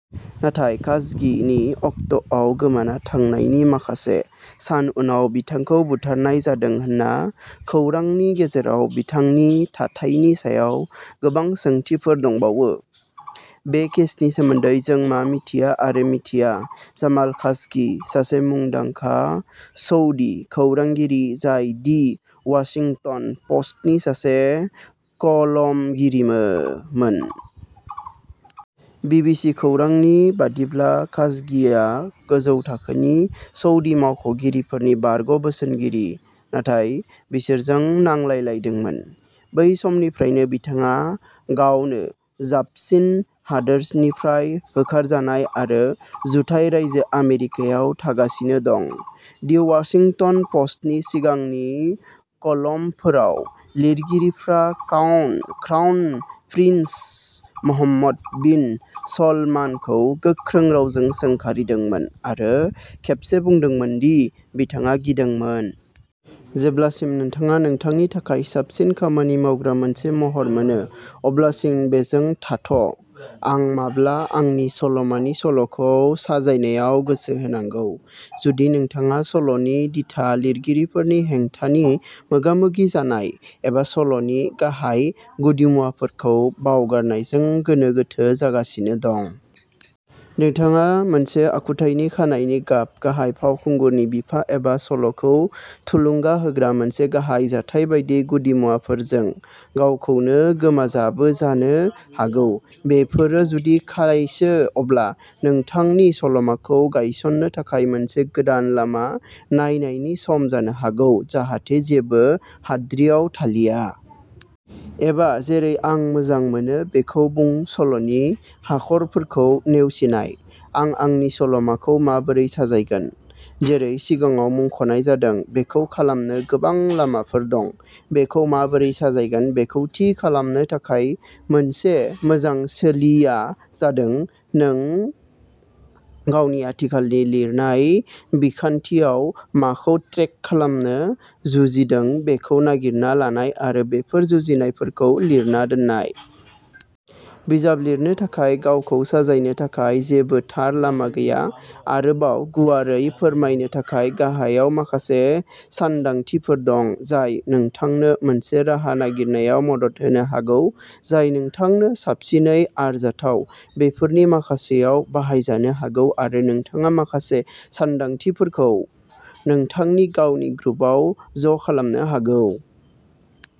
नाथाय खासगि नि अक्ट'आव गोमाना थांनायनि माखासे सान उनाव, बिथांखौ बुथारनाय जादों होनना खौरांनि गेजेराव बिथांनि थाथायनि सायाव गोबां सोंथिफोर दंबावो। बे केसनि सोमोन्दै जों मा मिथियो-आरो मिथिया। जामाल खाशगि सासे मुंदांखा सउदी खौरांगिरि, जाय दि वाशिंटन पस्टनि सासे कलमगिरिबोमोन। बिबिसी खौरांनि बायदिब्ला, खाशगिया गोजौ थाखोनि सउदी मावख'गिरिफोरनि बारग'बोसोनगिरि नाथाय बिसोरजों नांलायलायदोंमोन। बै समनिफ्रायनो, बिथाङा "गावनो-जाबसिन" हादोरनिफ्राय होखारजानाय आरो जुथाइ रायजो आमेरिकायाव थागासिनो दं। दि वाशिंटन पस्टनि सिगांनि कलमफोराव, लिरगिरिया क्राउन प्रिन्स महम्मद बिन सलमानखौ गोख्रों रावजों सोंखारिदोंमोन, आरो खेबसे बुंदोंमोन दि बिथाङा गिदोंमोन। जेब्लासिम नोंथाङा नोंथांनि थाखाय साबसिन खामानि मावग्रा मोनसे महर मोनो, अब्लासिम बेजों थाथ'। आं माब्ला आंनि सल'मानि सल'खौ साजायनायाव गोसो होनांगौ? जुदि नोंथाङा सल'नि दिथा, लिरगिरिफोरनि हेंथानि मोगा-मोगि जानाय, एबा सल'नि गाहाय गुदिमुवाफोरखौ बावगारनायजों गोनो-गोथो जागासिनो दं। नोंथाङा मोनसे आखुथायनि खानाइनि गाब, गाहाय फावखुंगुरनि बिफा एबा सल'खौ थुलुंगा होग्रा मोनसे गाहाय जाथाय बायदि गुदिमुवाफोरजों गावखौनो गोमाजाबो जानो हागौ। बेफोरो जुदि खायसो, अब्ला नोंथांनि सल'माखौ गायसननो थाखाय मोनसे गोदान लामा नायनायनि सम जानो हागौ, जाहाथे जेबो हाद्रिआव थालिया। एबा जेरै आं मोजां मोनो। बेखौ बुं-सल'नि हाखरफोरखौ नेवसिनाय। आं आंनि सल'माखौ माबोरै साजायगोन? जेरै सिगाङाव मुंख'नाय जादों, बेखौ खालामनो गोबां लामाफोर दं। बेखौ माबोरै साजायगोन बेखौ थि खालामनो थाखाय मोनसे मोजां सोलोआ जादों नों गावनि आथिखालनि लिरनाय बिखान्थियाव माखौ ट्रेक खालामनो जुजिदों बेखौ नागिरना लानाय आरो बेफोर जुजिनायफोरखौ लिरना दोननाय। बिजाब लिरनो थाखाय गावखौ साजायनो थाखाय जेबो थार लामा गैया। आरोबाव गुवारै फोरमायनो थाखाय, गाहायाव माखासे सानदांथिफोर दं जाय नोंथांनो मोनसे राहा नागिरनायाव मदद होनो हागौ जाय नोंथांनो साबसिनै आरजाथाव। बेफोरनि माखासेया बाहायजानो हागौ आरो नोंथाङा माखासे सानदांथिफोरखौ नोंथांनि गावनि ग्रुवआव ज'खालामनो हागौ।